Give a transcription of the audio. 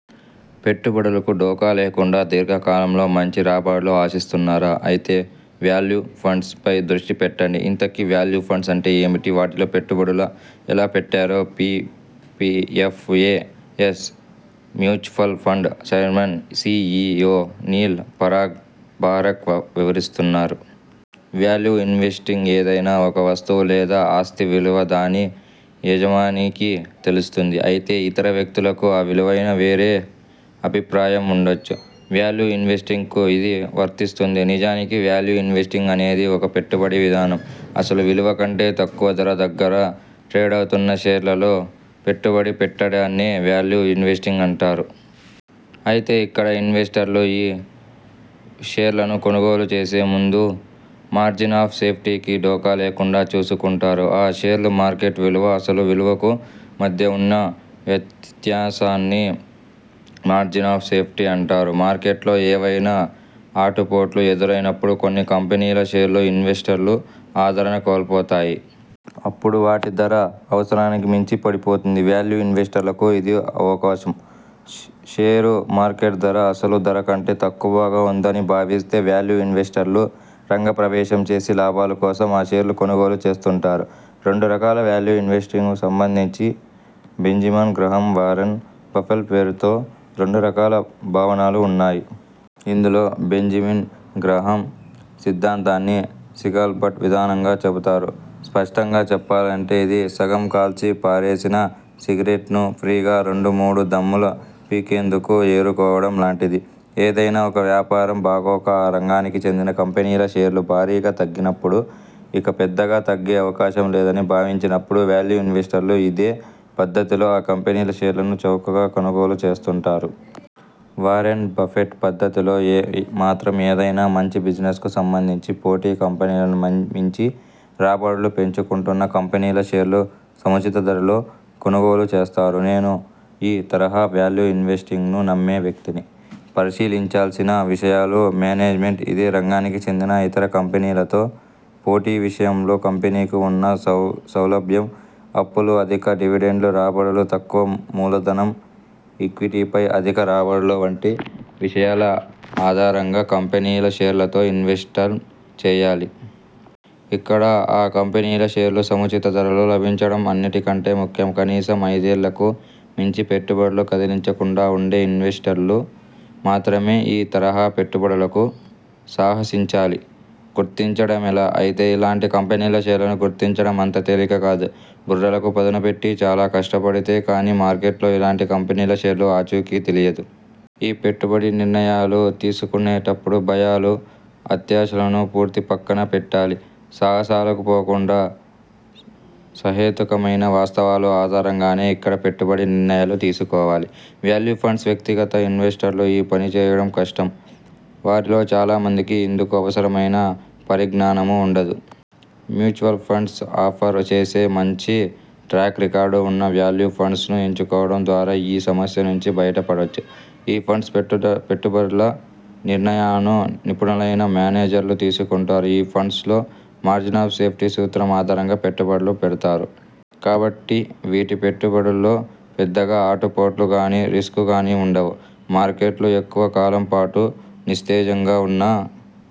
పెట్టుబడులకు ఢోకా లేకుండా దీర్ఘకాలంలో మంచి రాబడులు ఆశిస్తున్నారా? అయితే వాల్యూ ఫండ్స్ పై దృష్టి పెట్టండి. ఇంతకీ వాల్యూ ఫండ్ అంటే ఏమిటి? వాటిలో పెట్టుబడులు ఎలా పెట్టాలో P P F A S mutual fund chairman, C E O Neil Parag Parikh వివరిస్తున్నారు. వాల్యూ ఇన్వెస్టింగ్ఏదైనా ఒక వస్తువు లేదా ఆస్తి విలువ దాని యజమానికి తెలుస్తుంది. అయితే ఇతర వ్యక్తులకు ఆ విలువపై వేరే అభిప్రాయం ఉండొచ్చు. వాల్యూ ఇన్వెస్టింగ్ కు ఇది వర్తిస్తుంది. నిజానికి వాల్యూ ఇన్వెస్టింగ్ అనేది ఒక పెట్టుబడి విధానం. అసలు విలువ కంటే తక్కువ ధర దగ్గర ట్రేడవుతున్న షేర్లలో పెట్టుబడి పెట్టడాన్నే వాల్యూ ఇన్వెస్టింగ్ అంటారు. అయితే ఇక్కడ ఇన్వెస్టర్లు ఈ షేర్లను కొనుగోలు చేసే ముందు 'మార్జిన్ ఆఫ్ సేఫ్టీ'కి ఢోకా లేకుండా చూసుకుంటారు. ఆ షేరు మార్కెట్ విలువ, అసలు విలువకు మధ్య ఉన్న వ్యత్యాసాన్నే 'మార్జిన్ ఆఫ్ సేఫ్టీ' అంటారు. మార్కెట్లో ఏవైనా ఆటుపోట్లు ఎదురైనపుడు కొన్ని కంపెనీల షేర్లు ఇన్వెస్టర్ల ఆదరణ కోల్పోతాయి. అపుడు వాటి ధర అవసరానికి మించి పడిపోతుంది. వాల్యూ ఇన్వెస్టర్లకు ఇదో అవకాశం. షేరు మార్కెట్ ధర, అసలు ధర కంటే తక్కువగా ఉందని భావిస్తే వాల్యూ ఇన్వెస్టర్లు రంగ ప్రవేశం చేసి లాభాల కోసం ఆ షేర్లు కొనుగోలు చేస్తుంటారు. రెండు రకాల వాల్యూ ఇన్వెస్టింగ్కు సంబంధించి బెంజమిన్ గ్రాహం, వారెన్ బఫెట్ పేరుతో రెండు రకాల భావనలు ఉన్నాయి. ఇందులో బెంజమిన్ గ్రాహమ్ సిద్ధాంతాన్ని 'సిగాల్ బట్' విధానంగా చెబుతారు. స్పష్టంగా చెప్పాలంటే ఇది సగం కాల్చి పారేసిన సిగరెట్ను, ఫ్రీగా రెండు మూడు దమ్ములు పీకేందుకు ఏరుకోవడం లాంటిది. ఏదైనా ఒక వ్యాపారం బాగోక ఆ రంగానికి చెందిన కంపెనీల షేర్లు భారీగా తగ్గినపుడు, ఇక పెద్దగా తగ్గే అవకాశం లేదని భావించినపుడు వాల్యూ ఇన్వెస్టర్లు ఇదే పద్దతిలో ఆ కంపెనీల షేర్లను చౌకగా కొనుగోలు చేస్తుంటారు. వారెన్ బఫెట్ పద్దతిలో మాత్రంఏదైనా మంచి బిజినెస్కు సంబంధించి పోటీ కంపెనీలను మించి రాబడులు పెంచుకుంటున్న కంపెనీల షేర్లు సముచిత ధరలో కొనుగోలు చేస్తారు. నేను ఈ తరహా వాల్యూ ఇన్వెస్టింగ్ను నమ్మే వ్యక్తిని. పరిశీలించాల్సిన విషయాలు మేనేజ్మెంట్, ఇదే రంగానికి చెందిన ఇతర కంపెనీలతో పోటీ విషంలో కంపెనీకి ఉన్న సౌలభ్యం, అప్పులు, అధిక డివిడెండ్ల రాబడులు, తక్కువ మూలధనం, ఈక్విటీపై అధిక రాబడులు వంటి విషయాల ఆధారంగా కంపెనీల షేర్లలో ఇన్వెస్ట్ చేయాలి. ఇక్కడ ఆ కంపెనీల షేర్లు సముచిత ధరలో లభించడం అన్నిటి కంటే ముఖ్యం. కనీసం ఐదేళ్లకు మించి పెట్టుబడులు కదిలించకుండా ఉండే ఇన్వెస్టర్లు మాత్రమే ఈ తరహా పెట్టుబడులకు సాహసించాలి. గుర్తించడం ఎలా? అయితే ఇలాంటి కంపెనీల షేర్లను గుర్తించడం అంత తేలిక కాదు. బుర్రలకు పదును పెట్టి చాలా కష్టపడితే గానీ మార్కెట్లో ఇలాంటి కంపెనీల షేర్ల ఆచూకీ తెలియదు. ఈ పెట్టుబడి నిర్ణయాలు తీసుకునేటపుడు భయాలు, అత్యాశలను పూర్తిగా పక్కన పెట్టాలి. సాహసాలకు పోకుండా సహేతుకమైన వాస్తవాల ఆధారంగానే ఇక్కడ పెట్టుబడి నిర్ణయాలు తీసుకోవాలి. వాల్యూ ఫండ్స్ వ్యక్తిగత ఇన్వెస్టర్లు ఈ పని చేయడం కష్టం. వారిలో చాలా మందికి ఇందుకు అవసరమైన పరిజ్ఞానమూ ఉండదు. మ్యూచువల్ ఫండ్స్ ఆఫర్ చేసే మంచి ట్రాక్ రికార్డు ఉన్న వాల్యూ ఫండ్స్ ను ఎంచుకోవడం ద్వారా ఈ సమస్య నుంచి బయట పడొచ్చు. ఈ ఫండ్స్ పెట్టుబడుల నిర్ణయాలను నిపుణులైన మేనేజర్లు తీసుకుంటారు. ఈ ఫండ్స్ లో 'మార్జిన్ ఆఫ్ సేఫ్టీ' సూత్రం ఆధారంగా పెట్టుబడులు పెడతారు. కాబట్టి వీటి పెట్టుబడుల్లో పెద్దగా ఆటు పోట్లు గానీ రిస్కు గానీ ఉండవు. మార్కెట్లు ఎక్కువ కాలం పాటు నిస్తేజంగా ఉన్నా